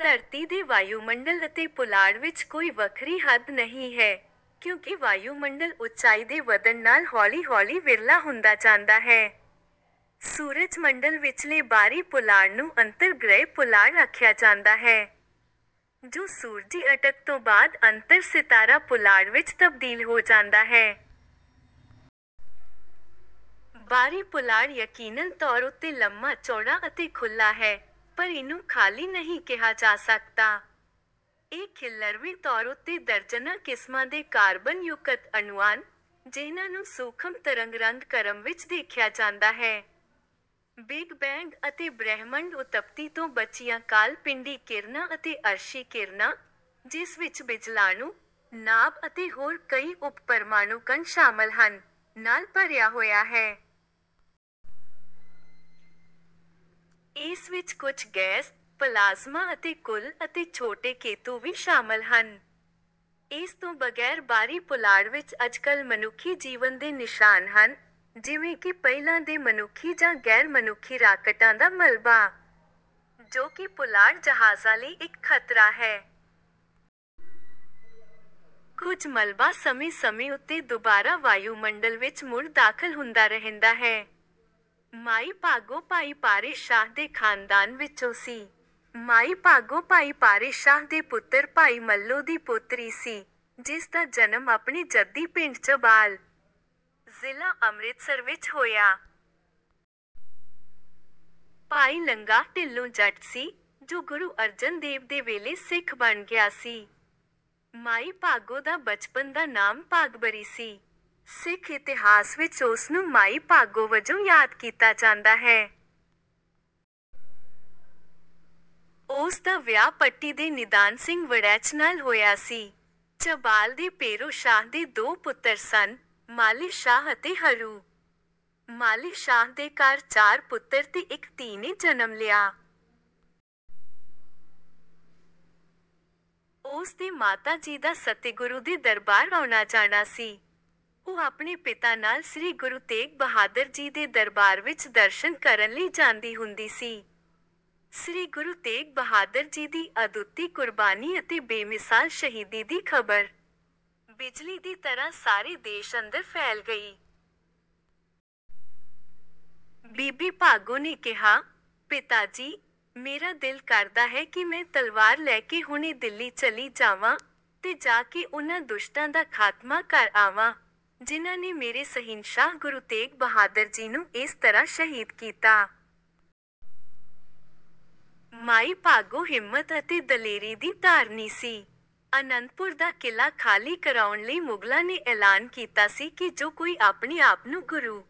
ਧਰਤੀ ਦੇ ਵਾਯੂਮੰਡਲ ਅਤੇ ਪੁਲਾੜ ਵਿੱਚ ਕੋਈ ਵੱਖਰੀ ਹੱਦ ਨਹੀਂ ਹੈ, ਕਿਉਂਕਿ ਵਾਯੂਮੰਡਲ ਉੱਚਾਈ ਦੇ ਵਧਣ ਨਾਲ ਹੌਲੀ ਹੌਲੀ ਵਿਰਲਾ ਹੁੰਦਾ ਜਾਂਦਾ ਹੈ। ਸੂਰਜ ਮੰਡਲ ਵਿਚਲੇ ਬਾਹਰੀ ਪੁਲਾੜ ਨੂੰ ਅੰਤਰ ਗ੍ਰਹਿ ਪੁਲਾੜ ਆਖਿਆ ਜਾਂਦਾ ਹੈ, ਜੋ ਸੂਰਜੀ ਅਟਕ ਤੋਂ ਬਾਅਦ ਅੰਤਰ ਸਿਤਾਰਾ ਪੁਲਾੜ ਵਿੱਚ ਤਬਦੀਲ ਹੋ ਜਾਂਦਾ ਹੈ। ਬਾਹਰੀ ਪੁਲਾੜ ਯਕੀਨਨ ਤੌਰ ਉੱਤੇ ਲੰਮਾ ਚੌੜਾ ਅਤੇ ਖੁੱਲ੍ਹਾ ਹੈ, ਪਰ ਇਹਨੂੰ ਖਾਲੀ ਨਹੀਂ ਕਿਹਾ ਜਾ ਸਕਦਾ। ਇਹ ਖਿੱਲਰਵੇਂ ਤੌਰ ਉੱਤੇ ਦਰਜਨਾਂ ਕਿਸਮਾਂ ਦੇ ਕਾਰਬਨ ਯੁਕਤ ਅਣੂਆਂ, ਜਿਹਨਾਂ ਨੂੰ ਸੂਖਮ ਤਰੰਗ ਰੰਗ ਕ੍ਰਮ ਵਿੱਚ ਦੇਖਿਆ ਜਾਂਦਾ ਹੈ, ਬਿਗ ਬੈਂਗ ਅਤੇ ਬ੍ਰਹਿਮੰਡ ਉਤਪਤੀ ਤੋਂ ਬਚੀਆਂ ਕਾਲ ਪਿੰਡੀ ਕਿਰਨਾਂ ਅਤੇ ਅਰਸ਼ੀ ਕਿਰਨਾਂ, ਜਿਸ ਵਿੱਚ ਬਿਜਲਾਣੂ, ਨਾਭ ਅਤੇ ਹੋਰ ਕਈ ਉਪ ਪ੍ਰਮਾਣੂ ਕਣ ਸ਼ਾਮਲ ਹਨ, ਨਾਲ ਭਰਿਆ ਹੋਇਆ ਹੈ। ਇਸ ਵਿੱਚ ਕੁਝ ਗੈਸ, ਪਲਾਜ਼ਮਾ ਅਤੇ ਘੁੱਲ ਅਤੇ ਛੋਟੇ ਕੇਤੂ ਵੀ ਸ਼ਾਮਲ ਹਨ। ਇਸ ਤੋਂ ਬਗੈਰ ਬਾਹਰੀ ਪੁਲਾੜ ਵਿੱਚ ਅੱਜਕੱਲ੍ਹ ਮਨੁੱਖੀ ਜੀਵਨ ਦੇ ਨਿਸ਼ਾਨ ਹਨ, ਜਿਵੇਂ ਕਿ ਪਹਿਲਾਂ ਦੇ ਮਨੁੱਖੀ ਜਾਂ ਗੈਰ ਮਨੁੱਖੀ ਰਾਕਟਾਂ ਦਾ ਮਲਬਾ, ਜੋ ਕਿ ਪੁਲਾੜ ਜਹਾਜ਼ਾਂ ਲਈ ਇੱਕ ਖਤਰਾ ਹੈ। ਕੁਝ ਮਲਬਾ ਸਮੇਂ ਸਮੇਂ ਉੱਤੇ ਦੁਬਾਰਾ ਵਾਯੂਮੰਡਲ ਵਿੱਚ ਮੁੜ ਦਾਖਲ ਹੁੰਦਾ ਰਹਿੰਦਾ ਹੈ। ਮਾਈ ਭਾਗੋ ਭਾਈ ਪਾਰੇ ਸ਼ਾਹ ਦੇ ਖਾਨਦਾਨ ਵਿਚੋਂ ਸੀ। ਮਾਈ ਭਾਗੋ ਭਾਈ ਪਾਰੇ ਸ਼ਾਹ ਦੇ ਪੁੱਤਰ ਭਾਈ ਮੱਲੋ ਦੀ ਪੁੱਤਰੀ ਸੀ, ਜਿਸ ਦਾ ਜਨਮ ਆਪਣੇ ਜੱਦੀ ਪਿੰਡ ਝਬਾਲ, ਜ਼ਿਲ੍ਹਾ ਅੰਮ੍ਰਿਤਸਰ ਵਿੱਚ ਹੋਇਆ। ਭਾਈ ਲੰਗਾਹ ਢਿੱਲੋਂ ਜੱਟ ਸੀ, ਜੋ ਗੁਰੂ ਅਰਜਨ ਦੇਵ ਦੇ ਵੇਲੇ ਸਿੱਖ ਬਣ ਗਿਆ ਸੀ। ਮਾਈ ਭਾਗੋ ਦਾ ਬਚਪਨ ਦਾ ਨਾਮ ਭਾਗਭਰੀ ਸੀ। ਸਿੱਖ ਇਤਿਹਾਸ ਵਿੱਚ ਉਸ ਨੂੰ ਮਾਈ ਭਾਗੋ ਵਜੋਂ ਯਾਦ ਕੀਤਾ ਜਾਂਦਾ ਹੈ। ਉਸ ਦਾ ਵਿਆਹ ਪੱਟੀ ਦੇ ਨਿਧਾਨ ਸਿੰਘ ਵੜੈਚ ਨਾਲ ਹੋਇਆ ਸੀ। ਝਬਾਲ ਦੇ ਪੇਰੋ ਸ਼ਾਹ ਦੇ ਦੋ ਪੁੱਤਰ ਸਨ, ਮਾਲੇ ਸ਼ਾਹ ਅਤੇ ਹਰੂ। ਮਾਲੇ ਸ਼ਾਹ ਦੇ ਘਰ ਚਾਰ ਪੁੱਤਰ ਤੇ ਇੱਕ ਧੀ ਨੇ ਜਨਮ ਲਿਆ। ਉਸ ਦੇ ਮਾਤਾ ਜੀ ਦਾ ਸਤਿਗੁਰੂ ਦੇ ਦਰਬਾਰ ਆਉਣਾ ਜਾਣਾ ਸੀ। ਉਹ ਆਪਣੇ ਪਿਤਾ ਨਾਲ ਸ੍ਰੀ ਗੁਰੂ ਤੇਗ ਬਹਾਦਰ ਜੀ ਦੇ ਦਰਬਾਰ ਵਿਚ ਦਰਸ਼ਨ ਕਰਨ ਲਈ ਜਾਂਦੀ ਹੁੰਦੀ ਸੀ। ਸ੍ਰੀ ਗੁਰੂ ਤੇਗ ਬਹਾਦਰ ਜੀ ਦੀ ਅਦੁੱਤੀ ਕੁਰਬਾਨੀ ਅਤੇ ਬੇਮਿਸਾਲ ਸ਼ਹੀਦੀ ਦੀ ਖਬਰ ਬਿਜਲੀ ਦੀ ਤਰ੍ਹਾਂ ਸਾਰੇ ਦੇਸ਼ ਅੰਦਰ ਫੈਲ ਗਈ। ਬੀਬੀ ਭਾਗੋ ਨੇ ਕਿਹਾ, ਪਿਤਾ ਜੀ, ਮੇਰਾ ਦਿਲ ਕਰਦਾ ਹੈ ਕਿ ਮੈਂ ਤਲਵਾਰ ਲੈ ਕੇ ਹੁਣੇ ਦਿੱਲੀ ਚਲੀ ਜਾਵਾਂ, ਤੇ ਜਾ ਕੇ ਉਨ੍ਹਾਂ ਦੁਸ਼ਟਾਂ ਦਾ ਖਾਤਮਾ ਕਰ ਆਵਾਂ, ਜਿਨ੍ਹਾਂ ਨੇ ਮੇਰੇ ਸ਼ਹਿਨਸ਼ਾਹ ਗੁਰੂ ਤੇਗ ਬਹਾਦਰ ਜੀ ਨੂੰ ਇਸ ਤਰ੍ਹਾਂ ਸ਼ਹੀਦ ਕੀਤਾ। ਮਾਈ ਭਾਗੋ ਹਿੰਮਤ ਅਤੇ ਦਲੇਰੀ ਦੀ ਧਾਰਨੀ ਸੀ। ਅਨੰਦਪੁਰ ਦਾ ਕਿਲਾ ਖਾਲੀ ਕਰਾਉਣ ਲਈ ਮੁਗਲਾਂ ਨੇ ਐਲਾਨ ਕੀਤਾ ਸੀ ਕਿ ਜੋ ਕੋਈ ਆਪਣੇ ਆਪ ਨੂੰ ਗੁਰੂ